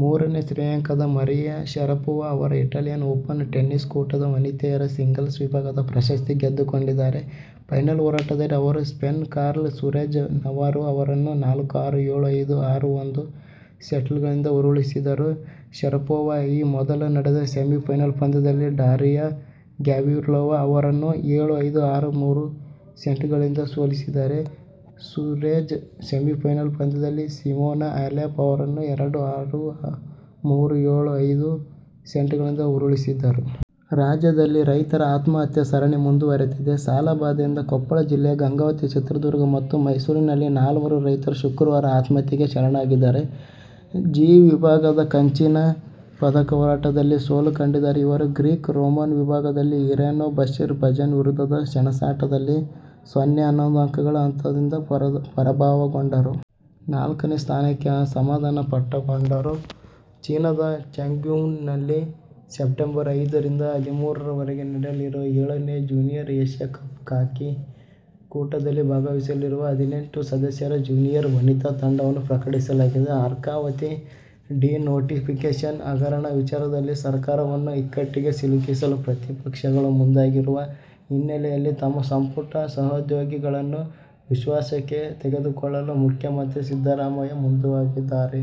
ಮೂರನೇ ಶ್ರೇಯಾಂಕದ Maria Sharapova ಅವರು ಇಟಾಲಿಯನ್ ಓಪನ್ ಟೆನ್ನಿಸ್ ಕೂಟದ ವನಿತೆಯರ ಸಿಂಗಲ್ಸ್ ವಿಭಾಗದ ಪ್ರಶಸ್ತಿ ಗೆದ್ದುಕೊಂಡಿದ್ದಾರೆ. ಫೈನಲ್ ಹೋರಾಟದಲ್ಲಿ ಅವರು ಸ್ಪೇನ್ನ ಕಾರ್ಲಾ ಸೂರೆಜ್ ನವಾರೊ ಅವರನ್ನು ನಾಲ್ಕು-ಆರು, ಏಳು-ಐದು, ಆರು-ಒಂದು ಸೆಟ್ಗಳಿಂದ ಉರುಳಿಸಿದರು. ಶರಪೋವಾ ಈ ಮೊದಲು ನಡೆದ ಸೆಮಿಫೈನಲ್ ಪಂದ್ಯದಲ್ಲಿ ಡಾರಿಯಾ ಗ್ಯಾವ್ರಿಲೋವಾ ಅವರನ್ನು ಏಳು-ಐದು, ಆರು-ಮೂರು ಸೆಟ್ಗಳಿಂದ ಸೋಲಿಸಿದ್ದರೆ ಸೂರೆಜ್ ಸೆಮಿಫೈನಲ್ ಪಂದ್ಯದಲ್ಲಿ ಸಿಮೋನಾ ಹಾಲೆಪ್ ಅವರನ್ನು ಎರಡು-ಆರು, ಆರು-ಮೂರು, ಏಳು-ಐದು ಸೆಟ್ಗಳಿಂದ ಉರುಳಿಸಿದ್ದರು. ರಾಜ್ಯದಲ್ಲಿ ರೈತರ ಆತ್ಮಹತ್ಯೆ ಸರಣಿ ಮುಂದುವರಿದಿದೆ. ಸಾಲ ಬಾಧೆಯಿಂದ ಕೊಪ್ಪಳ ಜಿಲ್ಲೆಯ ಗಂಗಾವತಿ, ಚಿತ್ರದುರ್ಗ ಮತ್ತು ಮೈಸೂರಿನಲ್ಲಿ ನಾಲ್ವರು ರೈತರು ಶುಕ್ರವಾರ ಆತ್ಮಹತ್ಯೆಗೆ ಶರಣಾಗಿದ್ದಾರೆ. ಜಿ ವಿಭಾಗದ ಕಂಚಿನ ಪದಕ ಹೋರಾಟದಲ್ಲಿ ಸೋಲು ಕಂಡಿದ್ದಾರೆ. ಇವರು ಗ್ರೀಕ್ ರೋಮನ್ ವಿಭಾಗದಲ್ಲಿ ಇರಾನ್ನ ಬಶೀರ್ ಬಜನ್ ವಿರುದ್ಧದ ಸೆಣಸಾಟದಲ್ಲಿ ಸೊನ್ನೆ-ಹನ್ನೊಂದು ಅಂಕಗಳ ಅಂತರದಿಂದ ಪರಾಭವಗೊಂಡರು. ನಾಲ್ಕನೇ ಸ್ಥಾನಕ್ಕೆ ಸಮಾಧಾನ ಪಟ್ಟುಕೊಂಡರು. ಚೀನದ ಚಾಂಗ್ಝೂನಲ್ಲಿ ಸೆಪ್ಟಂಬರ್ ಐದ ರಿಂದ ಹದಿಮೂರ ವರೆಗೆ ನಡೆಯಲಿರುವ ಏಳನೇ ಜೂನಿಯರ್ ಏಶ್ಯ ಕಪ್ ಹಾಕಿ ಕೂಟದಲ್ಲಿ ಭಾಗವಹಿಸಲಿರುವ ಹದಿನೆಂಟು ಸದಸ್ಯರ ಜೂನಿಯರ್ ವನಿತಾ ತಂಡವನ್ನು ಪ್ರಕಟಿಸಲಾಗಿದೆ. ಅರ್ಕಾವತಿ ಡಿ-ನೋಟಿಫಿಕೇಷನ್ ಹಗರಣ ವಿಚಾರದಲ್ಲಿ ಸರ್ಕಾರವನ್ನು ಇಕ್ಕಟ್ಟಿಗೆ ಸಿಲುಕಿಸಲು ಪ್ರತಿಪಕ್ಷಗಳು ಮುಂದಾಗಿರುವ ಹಿನ್ನೆಲೆಯಲ್ಲಿ ತಮ್ಮ ಸಂಪುಟ ಸಹೋದ್ಯೋಗಿಗಳನ್ನು ವಿಶ್ವಾಸಕ್ಕೆ ತೆಗೆದುಕೊಳ್ಳಲು ಮುಖ್ಯಮಂತ್ರಿ ಸಿದ್ದರಾಮಯ್ಯ ಮುಂದಾಗಿದ್ದಾರೆ.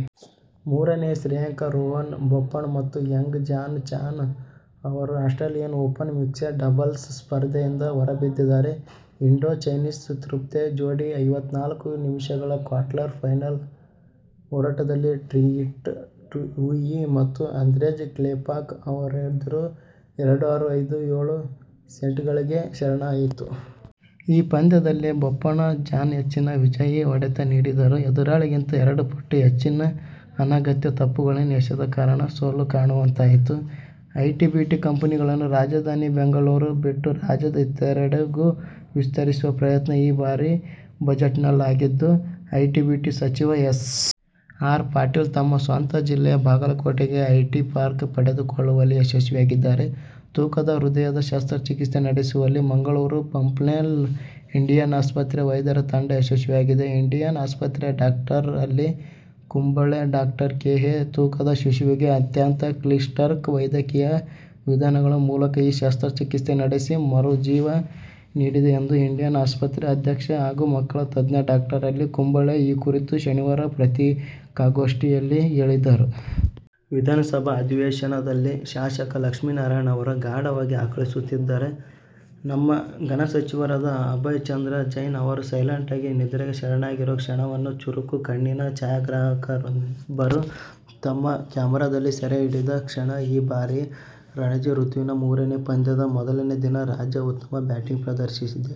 ಮೂರನೇ ಶ್ರೇಯಾಂಕದ ರೋಹನ್ ಬೋಪಣ್ಣ ಮತ್ತು ಯಂಗ್ ಜಾನ್-ಚಾನ್ ಅವರು ಆಸ್ಟ್ರೇಲಿಯನ್ ಓಪನ್ ಮಿಕ್ಸೆಡ್ ಡಬಲ್ಸ್ ಸ್ಪರ್ಧೆ ಯಿಂದ ಹೊರಬಿದ್ದಿದ್ದಾರೆ. ಇಂಡೋ-ಚೈನೀಸ್ ತೈಪೆ ಜೋಡಿ ಐವತ್ನಾಲ್ಕು ನಿಮಿಷಗಳ ಕ್ವಾರ್ಟರ್ ಫೈನಲ್ ಹೋರಾಟದಲ್ಲಿ ಟ್ರಿಟ್ ಹ್ಯುಯಿ ಮತ್ತು ಆಂದ್ರೇಜ ಕ್ಲೆಪಾಕ್ ಅವರೆದುರು ಎರಡು-ಆರು, ಐದು-ಏಳು ಸೆಟ್ಗಳಿಂದ ಶರಣಾಯಿತು. ಈ ಪಂದ್ಯದಲ್ಲಿ ಬೋಪಣ್ಣ- ಚಾನ್ ಹೆಚ್ಚಿನ ವಿಜಯಿ ಹೊಡೆತ ನೀಡಿದ್ದರೂ ಎದುರಾಳಿಗಿಂತ ಎರಡು ಪಟ್ಟು ಹೆಚ್ಚಿನ ಅನಗತ್ಯ ತಪ್ಪುಗಳನ್ನು ಎಸೆದ ಕಾರಣ ಸೋಲು ಕಾಣುವಂತಾಯಿತು. ಐಟಿ-ಬಿಟಿ ಕಂಪನಿಗಳನ್ನು ರಾಜಧಾನಿ ಬೆಂಗಳೂರು ಬಿಟ್ಟು ರಾಜ್ಯದ ಇತರೆಡೆಗೂ ವಿಸ್ತರಿಸುವ ಪ್ರಯತ್ನ ಈ ಬಾರಿಯ ಬಜೆಟ್ನಲ್ಲಾಗಿದ್ದು, ಐಟಿ- ಬಿಟಿ ಸಚಿವ ಎಸ್. ಆರ್. ಪಾಟೀಲ್ ತಮ್ಮ ಸ್ವಂತ ಜಿಲ್ಲೆ ಬಾಗಲಕೋಟೆಗೆ ಐಟಿ ಪಾರ್ಕ್ ಪಡೆದುಕೊಳ್ಳುವಲ್ಲಿ ಯಶಸ್ವಿಯಾಗಿದ್ದಾರೆ. ತೂಕದ ಹೃದಯದ ಶಸ್ತ್ರಚಿಕಿತ್ಸೆ ನಡೆಸುವಲ್ಲಿ ಮಂಗಳೂರು ಪಂಪ್ವೆಲ್ನ ಇಂಡಿಯಾನ ಆಸ್ಪತ್ರೆ ವೈದ್ಯರ ತಂಡ ಯಶಸ್ವಿಯಾಗಿದೆ. ಇಂಡಿಯಾನ ಆಸ್ಪತ್ರೆಯ doctor Ali Kumble, doctor K. A. ತೂಕದ ಶಿಶುವಿಗೆ ಅತ್ಯಂತ ಕ್ಲಿಷ್ಟಕರ ವೈದ್ಯಕೀಯ ವಿಧಾನಗಳ ಮೂಲಕ ಈ ಶಸ್ತ್ರಚಿಕಿತ್ಸೆ ನಡೆಸಿ ಮರುಜೀವ ನೀಡಿದೆ ಎಂದು ಇಂಡಿಯಾನ ಆಸ್ಪತ್ರೆ ಅಧ್ಯಕ್ಷ ಹಾಗೂ ಮಕ್ಕಳ ತಜ್ಞ ಡಾಕ್ಟರ್ ಆಲಿ ಕುಂಬಳೆ ಈ ಕುರಿತು ಶನಿವಾರ ಪತ್ರಿಕಾಗೋಷ್ಠಿಯಲ್ಲಿ ಹೇಳಿದರು. ವಿಧಾನಸಭಾ ಅಧಿವೇಶನದಲ್ಲಿ ಶಾಸಕ ಲಕ್ಷ್ಮೀನಾರಾಯಣ ಅವರು ಗಾಢವಾಗಿ ಆಕಳಿಸುತ್ತಿದ್ದರೆ, ನಮ್ಮ ಘನ ಸಚಿವರಾದ ಅಭಯಚಂದ್ರ ಜೈನ್ ಅವರು ಸೈಲೆಂಟಾಗಿ ನಿದ್ರೆಗೆ ಶರಣಾಗಿರುವ ಕ್ಷಣವನ್ನು ಚುರುಕು ಕಣ್ಣಿನ ಛಾಯಾಗ್ರಾಹಕರೊಬ್ಬರು ತಮ್ಮ ಕೆಮರಾದಲ್ಲಿ ಸೆರೆಹಿಡಿದ ಕ್ಷಣ. ಈ ಬಾರಿಯ ರಣಜಿ ಋತುವಿನ ಮೂರನೇ ಪಂದ್ಯದ ಮೊದಲನೇ ದಿನ ರಾಜ್ಯ ಉತ್ತಮ ಬ್ಯಾಟಿಂಗ್ ಪ್ರದರ್ಶಿಸಿದೆ.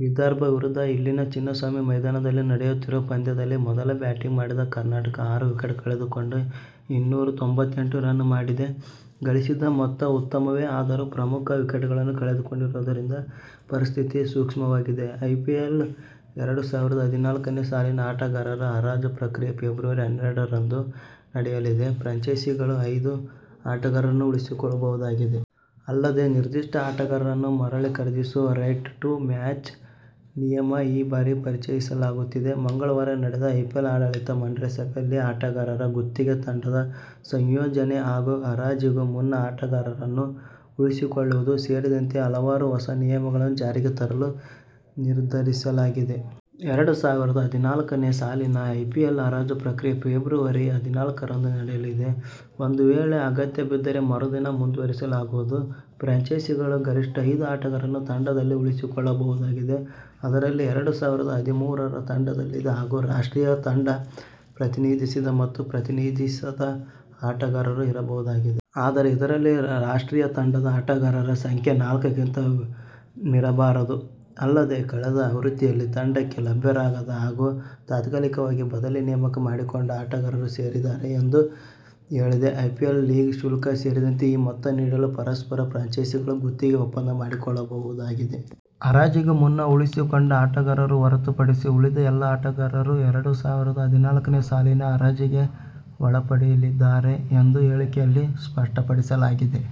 ವಿದರ್ಭ ವಿರುದ್ಧ ಇಲ್ಲಿನ ಚಿನ್ನಸ್ವಾಮಿ ಮೈದಾನದಲ್ಲಿ ನಡೆಯುತ್ತಿರುವ ಪಂದ್ಯದಲ್ಲಿ ಮೊದಲು ಬ್ಯಾಟಿಂಗ್ ಮಾಡಿದ ಕರ್ನಾಟಕ ಆರು ವಿಕೆಟ್ ಕಳೆದುಕೊಂಡು ಇನ್ನೂರ ತೊಂಬತ್ತೆಂಟು ರನ್ ಮಾಡಿದೆ. ಗಳಿಸಿದ ಮೊತ್ತ ಉತ್ತಮವೇ ಆದರೂ ಪ್ರಮುಖ ವಿಕೆಟ್ಗಳನ್ನು ಕಳೆದುಕೊಂಡಿರುವುದರಿಂದ ಪರಿಸ್ಥಿತಿ ಸೂಕ್ಷ್ಮವಾಗಿದೆ. ಐಪಿಎಲ್ ಎರಡು ಸಾವಿರದ ಹದಿನಾಲ್ಕನೇ ಸಾಲಿನ ಆಟಗಾರರ ಹರಾಜು ಪ್ರಕ್ರಿಯೆ ಫೆಬ್ರವರಿ ಹನ್ನೆರಡರಂದು ನಡೆಯಲಿದ್ದು, ಫ್ರಾಂಚೈಸಿಗಳು ಐದು ಆಟಗಾರರನ್ನು ಉಳಿಸಿಕೊಳ್ಳಬಹುದಾಗಿದೆ. ಅಲ್ಲದೇ ನಿರ್ದಿಷ್ಟ ಆಟಗಾರರನ್ನು ಮರಳಿ ಖರೀದಿಸುವ 'ರೈಟ್ ಟು ಮ್ಯಾಚ್' ನಿಯಮ ಈ ಬಾರಿ ಪರಿಚಯಿಸಲಾಗುತ್ತಿದೆ. ಮಂಗಳವಾರ ನಡೆದ ಐಪಿಎಲ್ ಆಡಳಿತ ಮಂಡಳಿ ಸಭೆಯಲ್ಲಿ ಆಟಗಾರರ ಗುತ್ತಿಗೆ, ತಂಡದ ಸಂಯೋಜನೆ ಹಾಗೂ ಹರಾಜಿಗೂ ಮುನ್ನ ಆಟಗಾರರನ್ನು ಉಳಿಸಿಕೊಳ್ಳುವುದು ಸೇರಿದಂತೆ ಹಲವಾರು ಹೊಸ ನಿಯಮಗಳನ್ನು ಜಾರಿಗೆ ತರಲು ನಿರ್ಧರಿಸಲಾಗಿದೆ. ಎರಡು ಸಾವಿರದ ಹದಿನಾಲ್ಕನೇ ಸಾಲಿನ ಐಪಿಎಲ್ ಹರಾಜು ಪ್ರಕ್ರಿಯೆ ಫೆಬ್ರವರಿ ಹದಿನಾಲ್ಕರಂದು ನಡೆಯಲಿದೆ. ಒಂದು ವೇಳೆ ಅಗತ್ಯ ಬಿದ್ದರೆ ಮರುದಿನ ಮುಂದುವರಿಸಲಾಗುವುದು. ಫ್ರಾಂಚೈಸಿಗಳು ಗರಿಷ್ಠ ಐದು ಆಟಗಾರರನ್ನು ತಂಡದಲ್ಲಿ ಉಳಿಸಿಕೊಳ್ಳಬಹುದಾಗಿದೆ. ಅದರಲ್ಲಿ ಎರಡು ಸಾವಿರದ ಹದಿಮೂರರ ತಂಡದಲ್ಲಿದ್ದ ಹಾಗೂ ರಾಷ್ಟ್ರೀಯ ತಂಡ ಪ್ರತಿನಿಧಿಸಿದ ಮತ್ತು ಪ್ರತಿನಿಧಿಸದ ಆಟಗಾರರು ಇರಬಹುದಾಗಿದೆ. ಆದರೆ ಇದರಲ್ಲಿ ರಾಷ್ಟ್ರೀಯ ತಂಡದ ಆಟಗಾರರ ಸಂಖ್ಯೆ ನಾಲ್ಕಕ್ಕಿಂತ ಮೀರಬಾರದು. ಅಲ್ಲದೇ ಕಳೆದ ಆವೃತ್ತಿಯಲ್ಲಿ ತಂಡಕ್ಕೆ ಲಭ್ಯರಾಗದ ಹಾಗೂ ತಾತ್ಕಾಲಿಕವಾಗಿ ಬದಲಿ ನೇಮಕ ಮಾಡಿಕೊಂಡ ಆಟಗಾರರು ಸೇರಿದ್ದಾರೆ ಎಂದು ಹೇಳಿದೆ. ಐಪಿಎಲ್ ಲೀಗ್ ಶುಲ್ಕ ಸೇರಿದಂತೆ ಈ ಮೊತ್ತ ನೀಡಲು ಪರಸ್ಪರ ಫ್ರಾಂಚೈಸಿಗಳು ಗುತ್ತಿಗೆ ಒಪ್ಪಂದ ಮಾಡಿಕೊಳ್ಳಬಹುದಾಗಿದೆ. ಹರಾಜಿಗೂ ಮುನ್ನ ಉಳಿಸಿಕೊಂಡ ಆಟಗಾರರು ಹೊರತುಪಡಿಸಿ ಉಳಿದ ಎಲ್ಲ ಆಟಗಾರರು ಎರಡು ಸಾವಿರದ ಹದಿನಾಲ್ಕನೇ ಸಾಲಿನ ಹರಾಜಿಗೆ ಒಳಪಡಲಿದ್ದಾರೆ ಎಂದು ಹೇಳಿಕೆಯಲ್ಲಿ ಸ್ಪಷ್ಟಪಡಿಸಲಾಗಿದೆ.